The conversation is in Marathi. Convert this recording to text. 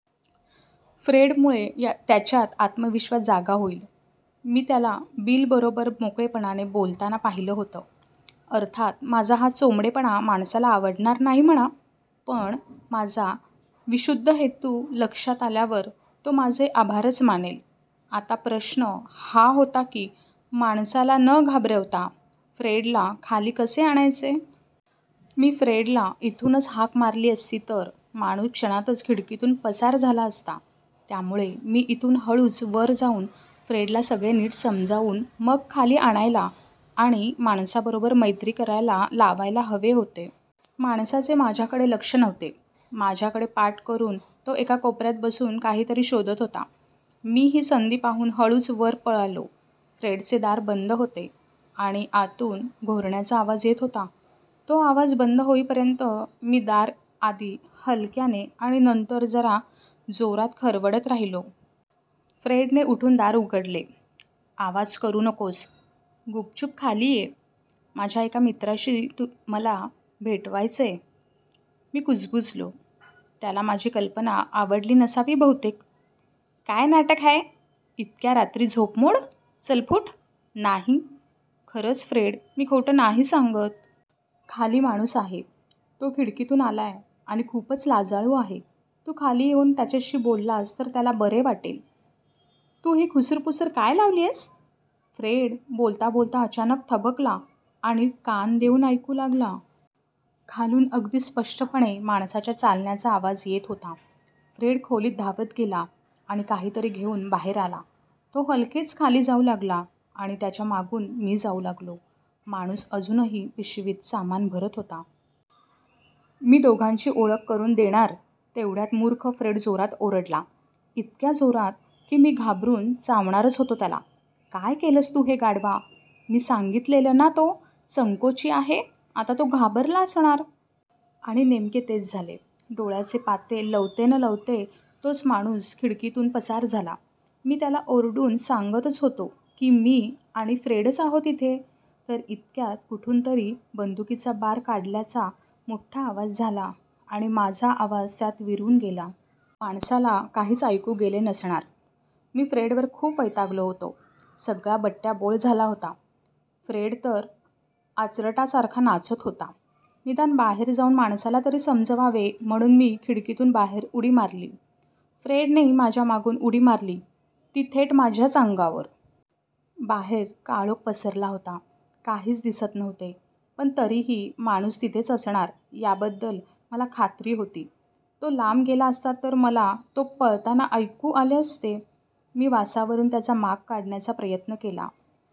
फ्रेडमुळे त्याच्यात आत्मविश्वास जागा होईल. मी त्याला बिलबरोबर मोकळेपणे बोलताना पाहिले होते. अर्थात माझा हा चोंबडेपणा माणसाला आवडणार नाही म्हणा, पण माझा विशुद्ध हेतू लक्षात आल्यावर तो माझे आभारच मानेल. आता प्रश्न हा होता की माणसाला न घाबरवता फ्रेडला खाली कसे आणायचे? मी फ्रेडला इथूनच हाक मारली असती तर माणूस क्षणातच खिडकीतून पसार झाला असता. त्यामुळे मी इथून हळूच वर जाऊन फ्रेडला सगळे नीट समजावून मग खाली आणायला आणि माणसाबरोबर मैत्री करायला लावायला हवे होते. माणसाचे माझ्याकडे लक्ष नव्हते. माझ्याकडे पाठ करून तो एका कोपऱ्यात बसून काहीतरी शोधत होता. मी ही संधी पाहून हळूच वर पळालो. फ्रेडचे दार बंद होते आणि आतून घोरण्याचा आवाज येत होता. तो आवाज बंद होईपर्यंत मी दार आधी हलक्याने आणि नंतर जरा जोरात खरवडत राहिलो. फ्रेडने उठून दार उघडले. आवाज करू नकोस, गुपचुप खाली ये. माझ्या एका मित्राशी तुला मला भेटवायचेय. मी कुजबुजलो. त्याला माझी कल्पना आवडली नसावी बहुतेक. काय नाटक हाय? इतक्या रात्री झोपमोड? चल फुट. नाही, खरंच फ्रेड, मी खोटं नाही सांगत. खाली माणूस आहे. तो खिडकीतून आलाय आणि खूपच लाजाळू आहे. तू खाली येऊन त्याच्याशी बोललास तर त्याला बरे वाटेल. तू ही खुसरपुसर काय लावलीयस? फ्रेड बोलताबोलता अचानक थबकला आणि कान देऊन ऐकू लागला. खालून अगदी स्पष्टपणे माणसाच्या चालण्याचा आवाज येत होता. फ्रेड खोलीत धावत गेला आणि काहीतरी घेऊन बाहेर आला. तो हलकेच खाली जाऊ लागला आणि त्याच्या मागून मी जाऊ लागलो. माणूस अजूनही पिशवीत सामान भरत होता. मी दोघांची ओळख करून देणार तेवढ्यात मुर्ख फ्रेड जोरात ओरडला. इतक्या जोरात की मी घाबरून चावणारच होतो त्याला. काय केलंस तू हे गाढवा? मी सांगितलेलं ना तो संकोची आहे? आता तो घाबरला असणार! आणि नेमके तेच झाले. डोळ्याचे पाते लवते न लवते तोच माणूस खिडकीतून पसार झाला. मी त्याला ओरडून सांगतच होतो की मी आणि फ्रेडच आहोत इथे, तर इतक्यात कुठूनतरी बंदुकीचा बार काढल्याचा मोठ्ठा आवाज झाला आणि माझा आवाज त्यात विरून गेला. माणसाला काहीच ऐकू गेले नसणार. मी फ्रेडवर खूप वैतागलो होतो. सगळा बट्याबोळ झाला होता. फ्रेड तर आचरटासारखा नाचत होता. निदान बाहेर जाऊन माणसाला तरी समजवावे म्हणून मी खिडकीतून बाहेर उडी मारली. फ्रेडनेही माझ्या मागून उडी मारली ती थेट माझ्याच अंगावर. बाहेर काळोख पसरला होता. काहीच दिसत नव्हते पण तरीही माणूस तिथेच असणार याबद्दल मला खात्री होती. तो लांब गेला असता तर मला तो पळताना ऐकू आले असते. मी वासावरून त्याचा माग काढायचा प्रयत्न केला.